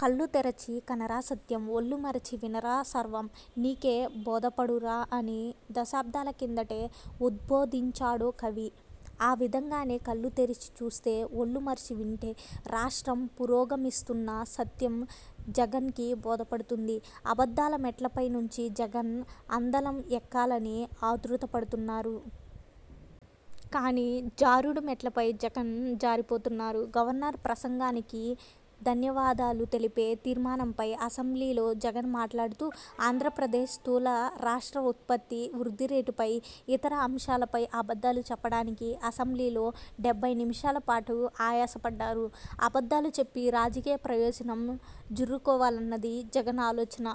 కళ్ళు తెరచి కనరా సత్యం, ఒళ్లు మరిచి వినరా సర్వం నీకే బోధపడురా అని దశాబ్దాల కిందటే ఉద్బోధించాడో కవి. ఆ విధంగానే కళ్ళు తెరిచి చూస్తే, ఒళ్లు మరిచి వింటే రాష్ట్రం పురోగమిస్తున్న సత్యం జగన్కి బోధపడుతుంది. అబద్ధాల మెట్లపై నుంచి జగన్ అందలం ఎక్కాలని ఆతృతపడుతున్నారు. కానీ జారుడు మెట్లపై జగన్ జారిపోతున్నారు. గవర్నర్ ప్రసంగానికి ధన్యవాదాలు తెలిపే తీర్మానంపై అసెంబ్లీలో జగన్ మాట్లాడుతూ ఆంధ్రప్రదేశ్ స్థూల రాష్ట్ర ఉత్పత్తి వృద్ధిరేటుపై, ఇతర అంశాలపై అబద్ధాలు చెప్పడానికి అసెంబ్లీలో డెబ్బై నిమిషాల పాటు ఆయాసపడ్డారు. అబద్ధాలు చెప్పి రాజకీయ ప్రయోజనం జుర్రుకోవాలన్నది జగన్ ఆలోచన.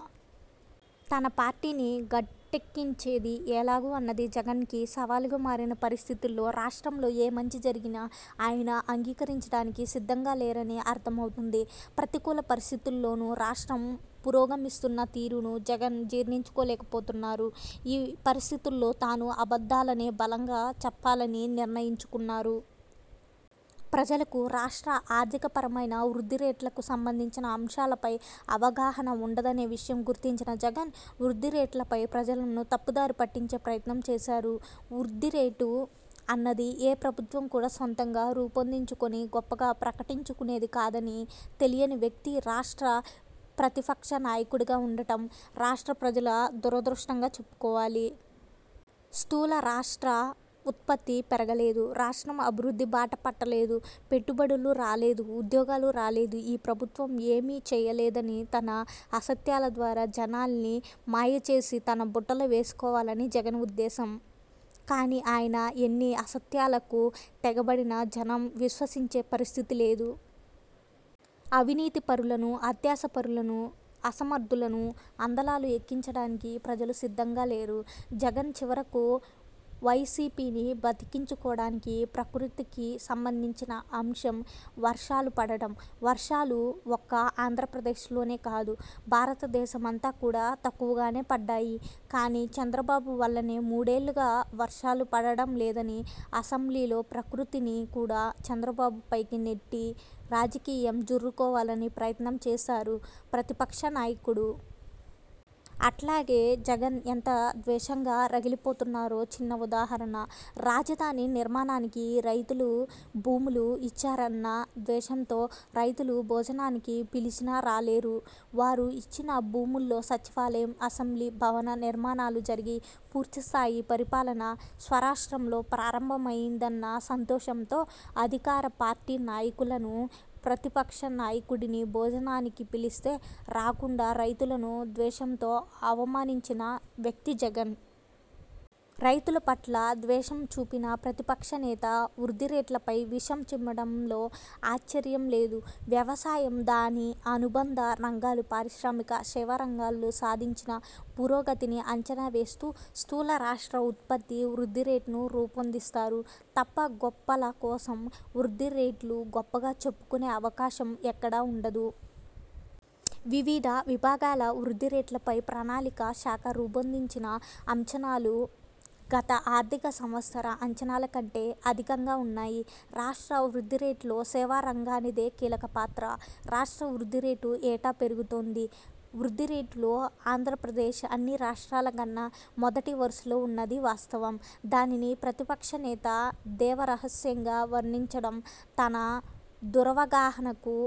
తన పార్టీని గట్టెక్కించేది ఎలాగా అన్నది జగన్కి సవాలుగా మారిన పరిస్థితుల్లో రాష్ట్రంలో ఏ మంచి జరిగినా ఆయన అంగీకరించడానికి సిద్ధంగా లేరని అర్థం అవుతుంది. ప్రతికూల పరిస్థితుల్లోనూ రాష్ట్రం పురోగమిస్తున్న తీరును జగన్ జీర్ణించుకోలేకపోతున్నారు. ఈ పరిస్థితుల్లో తాను అబద్ధాలనే బలంగా చెప్పాలని నిర్ణయించుకున్నారు. ప్రజలకు రాష్ట్ర ఆర్థికపరమైన, వృద్ధి రేట్లకు సంబంధించిన అంశాలపై అవగాహన వుండదనే విషయం గుర్తించిన జగన్, వృద్ధిరేట్లపై ప్రజలను తప్పుదారి పట్టించే ప్రయత్నం చేశారు. వృద్ధిరేటు అన్నది ఏ ప్రభుత్వం కూడా సొంతంగా రూపొందించుకొని గొప్పగా ప్రకటించుకునేది కాదని తెలియని వ్యక్తి రాష్ట్ర ప్రతిపక్ష నాయకుడిగా వుండటం రాష్ట్ర ప్రజల దురదృష్టంగా చెప్పుకోవాలి. స్థూల రాష్ట్ర ఉత్పత్తి పెరగలేదు, రాష్ట్రం అభివృద్ధి బాట పట్టలేదు, పెట్టుబడులు రాలేదు, ఉద్యోగాలు రాలేదు, ఈ ప్రభుత్వం ఏమీ చేయలేదని తన అసత్యాల ద్వారా జనాన్ని మాయచేసి తన బుట్టలో వేసుకోవాలని జగన్ ఉద్దేశం. కానీ ఆయన ఎన్ని అసత్యాలకు తెగబడినా జనం విశ్వసించే పరిస్థితి లేదు. అవినీతిపరులను, అత్యాసపరులను, అసమర్థులను అందలాలు ఎక్కించడానికి ప్రజలు సిద్ధంగా లేరు. జగన్ చివరకు వైసీపీని బతికించుకోడానికి ప్రకృతికి సంబంధించిన అంశం వర్షాలు పడటం. వర్షాలు ఒక్క ఆంధ్రప్రదేశ్లోనే కాదు భారతదేశమంతా కూడా తక్కువగానే పడ్డాయి. కానీ చంద్రబాబు వల్లనే మూడేళ్లుగా వర్షాలు పడటం లేదని అసెంబ్లీలో ప్రకృతిని కూడా చంద్రబాబుపైకి నెట్టి రాజకీయం జుర్రుకోవాలని ప్రయత్నం చేశారు ప్రతిపక్ష నాయకుడు. అట్లాగే జగన్ ఎంత ద్వేషంగా రగిలిపోతున్నారో చిన్న ఉదాహరణ. రాజధాని నిర్మాణానికి రైతులు భూములు ఇచ్చారన్న ద్వేషంతో రైతులు భోజనానికి పిలిచినా రాలేరు. వారు ఇచ్చిన భూముల్లో సచివాలయం, అసెంబ్లీ భవన నిర్మాణాలు జరిగి పూర్తిస్థాయి పరిపాలన స్వరాష్ట్రంలో ప్రారంభమైందన్న సంతోషంతో అధికార పార్టీ నాయకులను, ప్రతిపక్ష నాయకుడిని భోజనానికి పిలిస్తే రాకుండా రైతులను ద్వేషంతో అవమానించిన వ్యక్తి జగన్. రైతుల పట్ల ద్వేషం చూపిన ప్రతిపక్షనేత వృద్ధిరేట్లపై విషం చిమ్మడంలో ఆశ్చర్యం లేదు. వ్యవసాయం దాని అనుబంధ రంగాలు, పారిశ్రామిక, సేవా రంగాల్లో సాధించిన పురోగతిని అంచనా వేస్తూ స్థూల రాష్ట్ర ఉత్పత్తి వృద్ధిరేటును రూపొందిస్తారు తప్ప గొప్పల కోసం వృద్ధిరేట్లు గొప్పగా చెప్పుకునే అవకాశం ఎక్కడా వుండదు. వివిధ విభాగాల వృద్ధిరేట్లపై ప్రణాళిక శాఖ రూపొందించిన అంచనాలు గత ఆర్థిక సంవత్సర అంచనాల కంటే అధికంగా వున్నాయి. రాష్ట్ర వృద్ధిరేటులో సేవారంగానిదే కీలకపాత్ర. రాష్ట్ర వృద్ధిరేటు ఏటా పెరుగుతోంది. వృద్ధిరేటులో ఆంధ్రప్రదేశ్ అన్నిరాష్ట్రాల కన్నా మొదటి వరుసలో వున్నది వాస్తవం. దానిని ప్రతిపక్ష నేత దేవ రహస్యంగా వర్ణించడం తన దురవగాహనకు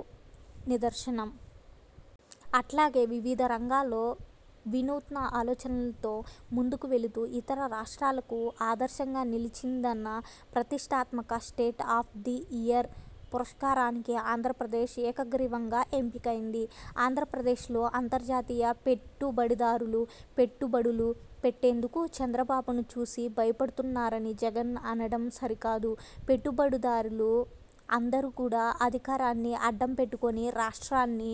నిదర్శనం. అట్లాగే వివిధ రంగాలలో వినూత్న ఆలోచనలతో ముందుకు వెళుతూ ఇతర రాష్ట్రాలకు ఆదర్శంగా నిలిచిందన్న ప్రతిష్టాత్మక state of the year పురస్కారానికి Andhra Pradesh ఏకగ్రీవంగా ఎంపికైంది. ఆంధ్రప్రదేశ్లో అంతర్జాతీయ పెట్టుబడిదారులు పెట్టుబడులు పెట్టేందుకు చంద్రబాబును చూసి భయపడుతున్నారని జగన్ అనటం సరికాదు. పెట్టుబడిదారులు అందరూ కూడా అధికారాన్ని అడ్డం పెట్టుకొని రాష్ట్రాన్ని